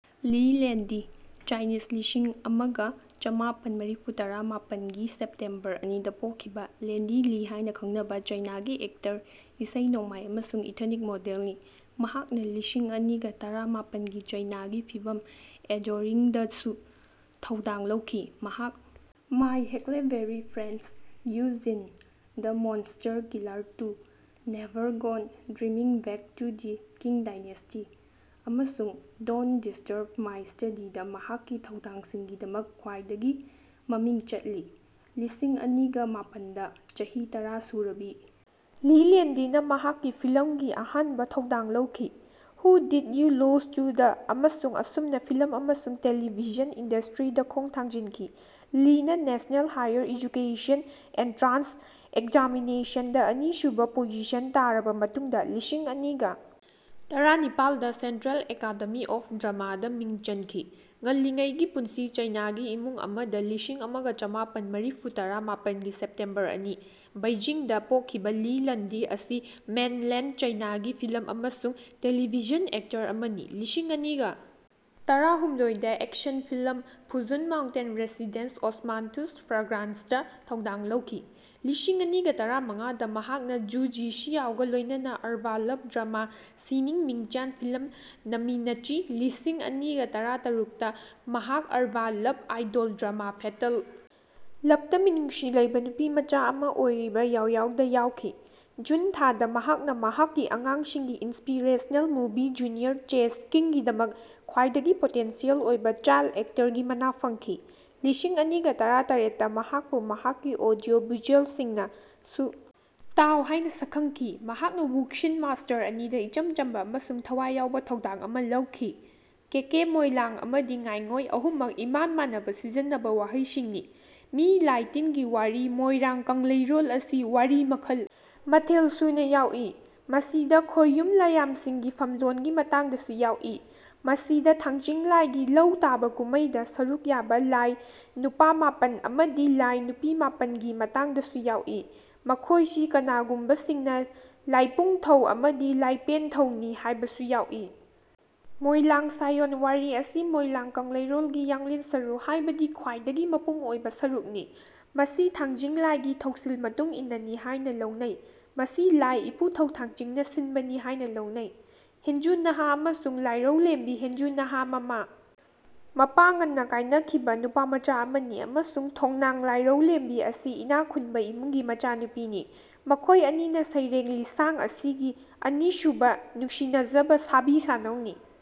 ꯂꯤ ꯂꯦꯟꯗꯤ ( ꯆꯥꯏꯅꯤꯁ, ꯂꯤꯁꯤꯡ ꯑꯃꯒ ꯆꯃꯥꯄꯟ ꯃꯔꯤꯐꯨꯇꯔꯥ ꯃꯥꯄꯟꯒꯤ ꯁꯦꯞꯇꯦꯝꯕꯔ ꯑꯅꯤꯗ ꯄꯣꯛꯈꯤꯕ), ꯂꯦꯟꯗꯤ ꯂꯤ ꯍꯥꯏꯅ ꯈꯪꯅꯕ ꯆꯥꯏꯅꯥꯒꯤ ꯑꯦꯛꯇꯔ, ꯏꯁꯩ ꯅꯣꯡꯃꯥꯏ ꯑꯃꯁꯨꯡ ꯏꯊꯅꯤꯛ ꯃꯣꯗꯦꯜꯅꯤ꯫ ꯃꯍꯥꯛꯅ ꯂꯤꯁꯤꯡ ꯑꯅꯤꯒ ꯇꯔꯥꯃꯥꯄꯟꯒꯤ ꯆꯥꯏꯅꯥꯒꯤ ꯐꯤꯂꯝ ꯑꯦꯗꯣꯔꯤꯡꯗꯁꯨ ꯊꯧꯗꯥꯡ ꯂꯧꯈꯤ꯫ ꯃꯍꯥꯛ my huckleberry friends, Wu Jin: the monster killer two, never gone, dreaming back to the king dynasty ꯑꯃꯁꯨꯡ ꯗꯣꯟꯇ ꯗꯤꯁꯇꯔꯕ ꯃꯥꯏ ꯁ꯭ꯇꯗꯤꯗ ꯃꯍꯥꯛꯀꯤ ꯊꯧꯗꯥꯡꯁꯤꯡꯒꯤꯗꯃꯛ ꯈ꯭ꯋꯥꯏꯗꯒꯤ ꯃꯃꯤꯡ ꯆꯠꯂꯤ꯫ ꯂꯤꯁꯤꯡ ꯑꯅꯤꯒ ꯃꯥꯄꯟꯗ ꯆꯍꯤ ꯇꯔꯥ ꯁꯨꯔꯕꯤ ꯂꯤ ꯂꯦꯟꯗꯤꯅ ꯃꯍꯥꯛꯀꯤ ꯐꯤꯜꯝꯒꯤ ꯑꯍꯥꯟꯕ ꯊꯧꯗꯥꯡ ꯂꯧꯈꯤ "who did you lose to" ꯗ ꯑꯃꯁꯨꯡ ꯑꯁꯨꯝꯅ ꯐꯤꯜꯝ ꯑꯃꯁꯨꯡ ꯇꯦꯂꯤꯚꯤꯖꯟ ꯏꯟꯗꯁꯇ꯭ꯔꯤꯗ ꯈꯣꯡ ꯊꯥꯡꯖꯤꯟꯈꯤ꯫ ꯂꯤꯅ ꯅꯦꯁꯅꯦꯜ ꯍꯥꯏꯌꯔ ꯑꯦꯖꯨꯀꯦꯁꯟ ꯑꯦꯟꯇ꯭ꯔꯥꯟꯁ ꯑꯦꯛꯖꯥꯃꯤꯅꯦꯁꯟꯗ ꯑꯅꯤꯁꯨꯕ ꯄꯣꯖꯤꯁꯟ ꯇꯥꯔꯕ ꯃꯇꯨꯡꯗ ꯂꯤꯁꯤꯡ ꯑꯅꯤꯒ ꯇꯔꯥꯅꯤꯄꯥꯜꯗ ꯁꯦꯟꯇ꯭ꯔꯦꯜ ꯑꯦꯀꯥꯗꯦꯃꯤ ꯑꯣꯐ ꯗ꯭ꯔꯃꯥꯗ ꯃꯤꯡ ꯆꯟꯈꯤ꯫ ꯉꯜꯂꯤꯉꯩ ꯄꯨꯟꯁꯤ ꯆꯥꯏꯅꯥꯒꯤ ꯏꯃꯨꯡ ꯑꯃꯗ ꯂꯤꯁꯤꯡ ꯑꯃꯒ ꯆꯃꯥꯄꯟ ꯃꯔꯤꯐꯨꯇꯔꯥ ꯃꯥꯄꯟꯒꯤ ꯁꯦꯞꯇꯦꯝꯕꯔ ꯑꯅꯤ, ꯕꯩꯖꯤꯡꯗ ꯄꯣꯛꯈꯤꯕ ꯂꯤ ꯂꯟꯗꯤ ꯑꯁꯤ ꯃꯦꯟꯂꯦꯟꯗ ꯆꯥꯏꯅꯥꯒꯤ ꯐꯤꯜꯝ ꯑꯃꯁꯨꯡ ꯇꯦꯂꯤꯚꯤꯖꯟ ꯑꯦꯛꯇꯔ ꯑꯃꯅꯤ꯫ ꯂꯤꯁꯤꯡ ꯑꯅꯤꯒ ꯇꯔꯥꯍꯨꯝꯗꯣꯏꯗ ꯑꯦꯛꯁꯟ ꯐꯤꯜꯝ ꯐꯨꯆꯨꯟ ꯃꯥꯎꯟꯇꯦꯟ ꯔꯦꯁꯤꯗꯦꯟꯁꯇ ꯑꯣꯁꯃꯥꯟꯊꯨꯁ ꯐ꯭ꯔꯥꯒ꯭ꯔꯥꯟꯁꯇ ꯊꯧꯗꯥꯡ ꯂꯧꯈꯤ꯫ ꯂꯤꯁꯤꯡ ꯑꯅꯤꯒ ꯇꯔꯥꯃꯉꯥꯗ ꯃꯍꯥꯛꯅ ꯖꯨ ꯖꯤꯁꯤꯌꯥꯎꯒ ꯂꯣꯏꯅꯅ ꯑꯔꯕꯥꯟ ꯂꯚ ꯗ꯭ꯔꯃꯥ ꯁꯤꯅꯤꯡ ꯃꯤꯡꯇꯤꯌꯥꯟ ꯐꯤꯜꯝ ꯅꯃꯤꯅꯆꯤ ꯂꯤꯁꯤꯡ ꯑꯅꯤꯒ ꯇꯔꯥꯇꯔꯨꯛꯇ ꯃꯍꯥꯛ urban love idol drama fatal ꯂꯚꯇ ꯃꯤꯅꯨꯡꯁꯤ ꯂꯩꯕ ꯅꯨꯄꯤꯃꯆꯥ ꯑꯃ ꯑꯣꯏꯔꯤꯕ ꯌꯥꯎꯌꯥꯎꯗ ꯌꯥꯎꯈꯤ꯫ ꯖꯨꯟ ꯊꯥꯗ ꯃꯍꯥꯛꯅ ꯃꯍꯥꯛꯀꯤ ꯑꯉꯥꯡꯁꯤꯡꯒꯤ ꯏꯟꯁꯄꯤꯔꯦꯁꯅꯦꯜ ꯃꯨꯚꯤ ꯖꯨꯅꯤꯌꯔ ꯆꯦꯁ ꯀꯤꯡꯒꯤꯗꯃꯛ ꯈ꯭ꯋꯥꯏꯗꯒꯤ ꯄꯣꯇꯦꯟꯁꯤꯌꯦꯜ ꯑꯣꯏꯕ ꯆꯥꯏꯜꯗ ꯑꯦꯛꯇꯔꯒꯤ ꯃꯅꯥ ꯐꯪꯈꯤ꯫ ꯂꯤꯁꯤꯡ ꯑꯅꯤꯒ ꯇꯔꯥꯇꯔꯦꯠꯇ ꯃꯍꯥꯛꯄꯨ ꯃꯍꯥꯛꯀꯤ ꯑꯣꯗꯤꯑꯣ ꯚꯤꯖꯨꯑꯦꯜꯁꯤꯡꯅ ꯁꯨ ꯇꯥꯎ ꯍꯥꯏꯅ ꯁꯛꯈꯪꯈꯤ꯫ ꯃꯍꯥꯛꯅ ꯋꯨꯛꯁꯤꯟ ꯃꯥꯁꯇꯔ ꯑꯅꯤꯗ ꯏꯆꯝ ꯆꯝꯕ ꯑꯃꯁꯨꯡ ꯊꯋꯥꯏ ꯌꯥꯎꯕ ꯊꯧꯗꯥꯡ ꯑꯃ ꯂꯧꯈꯤ꯫ "ꯀꯦꯀꯦ", "ꯃꯣꯢꯂꯥꯡ" ꯑꯃꯗꯤ "ꯉꯥꯉꯣꯢ" ꯑꯍꯨꯝꯃꯛ ꯏꯃꯥꯟ ꯃꯥꯟꯅꯅ ꯁꯤꯖꯤꯟꯅꯕ ꯋꯥꯍꯩꯁꯤꯡꯅꯤ꯫ ꯃꯤ ꯂꯥꯢ ꯇꯤꯟꯒꯤ ꯋꯥꯔꯤ ꯃꯣꯏꯔꯥꯡ ꯀꯪꯂꯩꯔꯣꯜ ꯑꯁꯤ ꯋꯥꯔꯤ ꯃꯈꯜ ꯃꯊꯦꯜ ꯁꯨꯅ ꯌꯥꯎꯏ꯫ ꯃꯁꯤꯗ ꯈꯣꯌꯨꯝ ꯂꯥꯌꯥꯝꯁꯤꯡꯒꯤ ꯐꯝꯂꯣꯟꯒꯤ ꯃꯇꯥꯡꯗꯁꯨ ꯌꯥꯎꯏ꯫ ꯃꯁꯤꯗ ꯊꯥꯡꯆꯤꯡ ꯂꯥꯢꯒꯤ ꯂꯧꯇꯥꯕ ꯀꯨꯝꯃꯩꯗ ꯁꯔꯨꯛ ꯌꯥꯕ ꯂꯥꯢ ꯅꯨꯄꯥ ꯃꯥꯄꯟ ꯑꯃꯗꯤ ꯂꯥꯢ ꯅꯨꯄꯤ ꯃꯥꯥꯄꯟ ꯒꯤ ꯃꯇꯥꯡꯗꯁꯨ ꯌꯥꯎꯏ꯫ ꯃꯈꯣꯢꯁꯤ ꯀꯅꯥꯒꯨꯝꯕꯁꯤꯡꯅ "ꯂꯥꯢꯄꯨꯡꯊꯧ" ꯑꯃꯗꯤ "ꯂꯥꯢꯄꯦꯟꯊꯧ"ꯅꯤ ꯍꯥꯢꯕꯁꯨ ꯌꯥꯎꯏ꯫ ꯃꯣꯢꯂꯥꯡ ꯁꯥꯌꯣꯟ ꯋꯥꯔꯤ ꯑꯁꯤ ꯃꯣꯢꯂꯥꯡ ꯀꯪꯂꯩꯔꯣꯜꯒꯤ ꯌꯥꯡꯂꯦꯟ ꯁꯔꯨ (ꯍꯥꯢꯕꯗꯤ ꯈ꯭ꯋꯥꯢꯗꯒꯤ ꯃꯄꯨꯡ ꯑꯣꯢꯕ) ꯁꯔꯨꯛ ꯅꯤ꯫ ꯃꯁꯤ ꯊꯥꯡꯖꯤꯡ ꯂꯥꯢꯒꯤ ꯊꯧꯁꯤꯜ ꯃꯇꯨꯡꯏꯟꯅꯅꯤ ꯍꯥꯢꯅ ꯂꯧꯅꯩ꯫ ꯃꯁꯤ ꯂꯥꯢ ꯏꯄꯨꯊꯧ ꯊꯥꯡꯆꯤꯡꯅ ꯁꯤꯟꯕꯅꯤ ꯍꯥꯢꯅ ꯂꯧꯅꯩ꯫ ꯍꯦꯟꯖꯨꯅꯥꯍꯥ ꯑꯃꯁꯨꯡ ꯂꯥꯏꯔꯧꯂꯦꯝꯕꯤ ꯍꯦꯟꯖꯨꯅꯥꯍꯥ, ꯃꯃꯥ ꯃꯄꯥ ꯉꯟꯅ ꯀꯥꯏꯅꯈꯤꯕ ꯅꯨꯄꯥꯃꯆꯥ ꯑꯃꯅꯤ ꯑꯃꯁꯨꯡ ꯊꯣꯡꯅꯥꯡ ꯂꯥꯏꯔꯧꯂꯦꯝꯕꯤ ꯑꯁꯤ ꯏꯅꯥꯈꯨꯟꯕ ꯏꯃꯨꯡꯒꯤ ꯃꯆꯥꯅꯨꯄꯤꯅꯤ꯫ ꯃꯈꯣꯏ ꯑꯅꯤꯅ ꯁꯩꯔꯦꯡ ꯂꯤꯁꯥꯡ ꯑꯁꯤꯒꯤ ꯑꯅꯤꯁꯨꯕ ꯅꯨꯡꯁꯤꯅꯖꯕ ꯁꯥꯕꯤ ꯁꯥꯅꯧꯅꯤ꯫